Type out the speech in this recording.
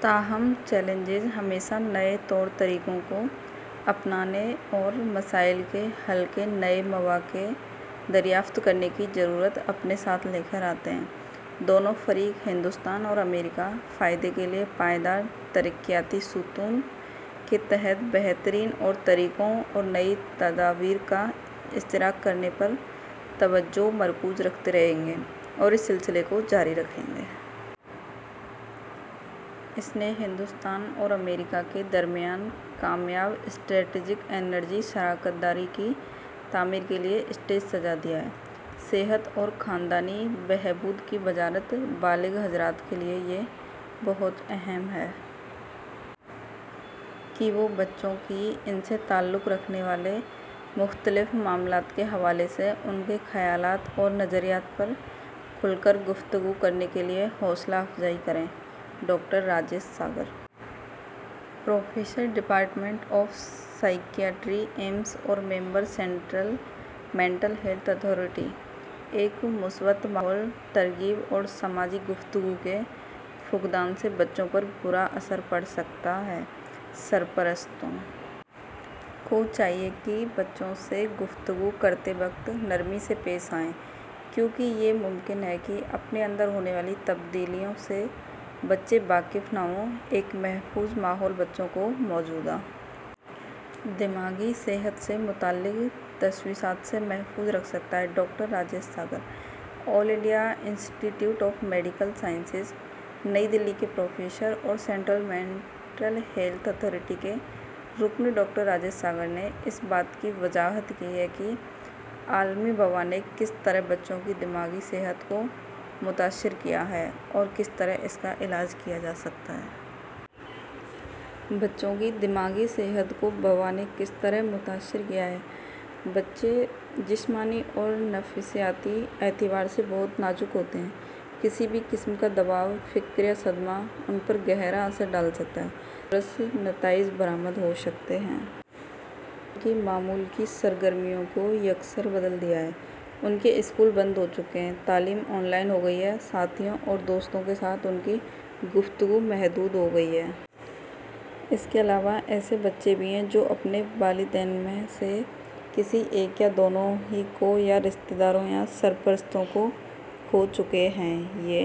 تاہم چیلنجز ہمیشہ نئے طور طریقوں کو اپنانے اور مسائل کے حل کے نئے مواقع دریافت کرنے کی ضرورت اپنے ساتھ لے کر آتے ہیں۔ دونوں فریق، ہندوستان اور امریکہ، فائدے کے لئے پائیدار ترقیاتی ستون کے تحت بہترین طور طریقوں اور نئی تدابیر کا اشتراک کرنے پر توجہ مرکوز کرتے رہیں گے اور اس سلسلے کو جاری رکھیں گے۔ اس نے ہندوستان اور امریکہ کے درمیان کامیاب اسٹریٹیجک انرجی شراکت داری کی تعمیر کے لئے اسٹیج سجادیا ہے۔ صحت اور خاندانی بہبود کی وزارت بالغ حضرات کے لئے یہ بہت اہم ہے کہ وہ بچوں کی ،ان سے تعلق رکھنے والے مختلف معاملات کے حوالے سے ان کے خیالات اور نظریات پر کھل کر گفتگو کرنے کے لئے ہمت افزائی کریں – doctor Rajesh Sagar, professor department of psychiatry, AIIMS اور member, central mental health authority ایک مثبت ماحول ، ترغیب اور سماجی گفتگو کے فقدان سے بچوں پر برا اثر پڑ سکتا ہے سرپرستوں کو چاہیئے کہ بچوں سے گفتگو کرتے وقت نرمی سے پیش آیئں کیونکہ یہ ممکن ہے کہ اپنے اندر ہونے والی تبدلیوں سے بچے واقف نہ ہوں ایک محفوظ ماحول بچوں کو موجودہ دماغی صحت سے متعلق تشویشات سے محفو ظ رکھ سکتا ہے – doctor Rajesh Sagar all India institute of medical sciences Nai Delhi کے پروفیسر اور سینٹرل مینٹل ہیلتھ اتھارٹی کے رکن ڈاکٹر راجیش ساگر نے اس بات کی وضاحت کی ہے کہ عالمی وبا نے کس طرح بچوں کی دماغی صحت کومتاثر کیا ہے اور کس طرح اس کا علاج کیا جا سکتا ہے ۔ بچوں کی دماغی صحت کو وبا نے کس طرح متاثر کیا ہے؟ بچے جسمانی اور نفسیاتی اعتبار سے بہت نازک ہوتے ہیں کسی بھی قسم کا دباؤ، فکر یا صدمہ ان پر گہرا اثر ڈال سکتا ہے جس کے دور رس نتائج برآمد ہو سکتے ہیں ۔ وبا نے ان کی معمول کی سرگرمیوں کو یکسر بدل دیا ہے – ان کے اسکول بند ہو چکے ہیں ، تعلیم آن لائن ہو گئی ہے، ساتھیوں اور دوستوں کے ساتھ ان کی گفتگو محدود ہو گئی ہے ۔ اس کے علاوہ ایسے بچے بھی ہیں جو اپنے والدین میں سے کسی ایک یا دونوں ہی کو ،یا رشتےداروں ، یا سرپرستوں کو کھو چکے ہیں ۔ یہ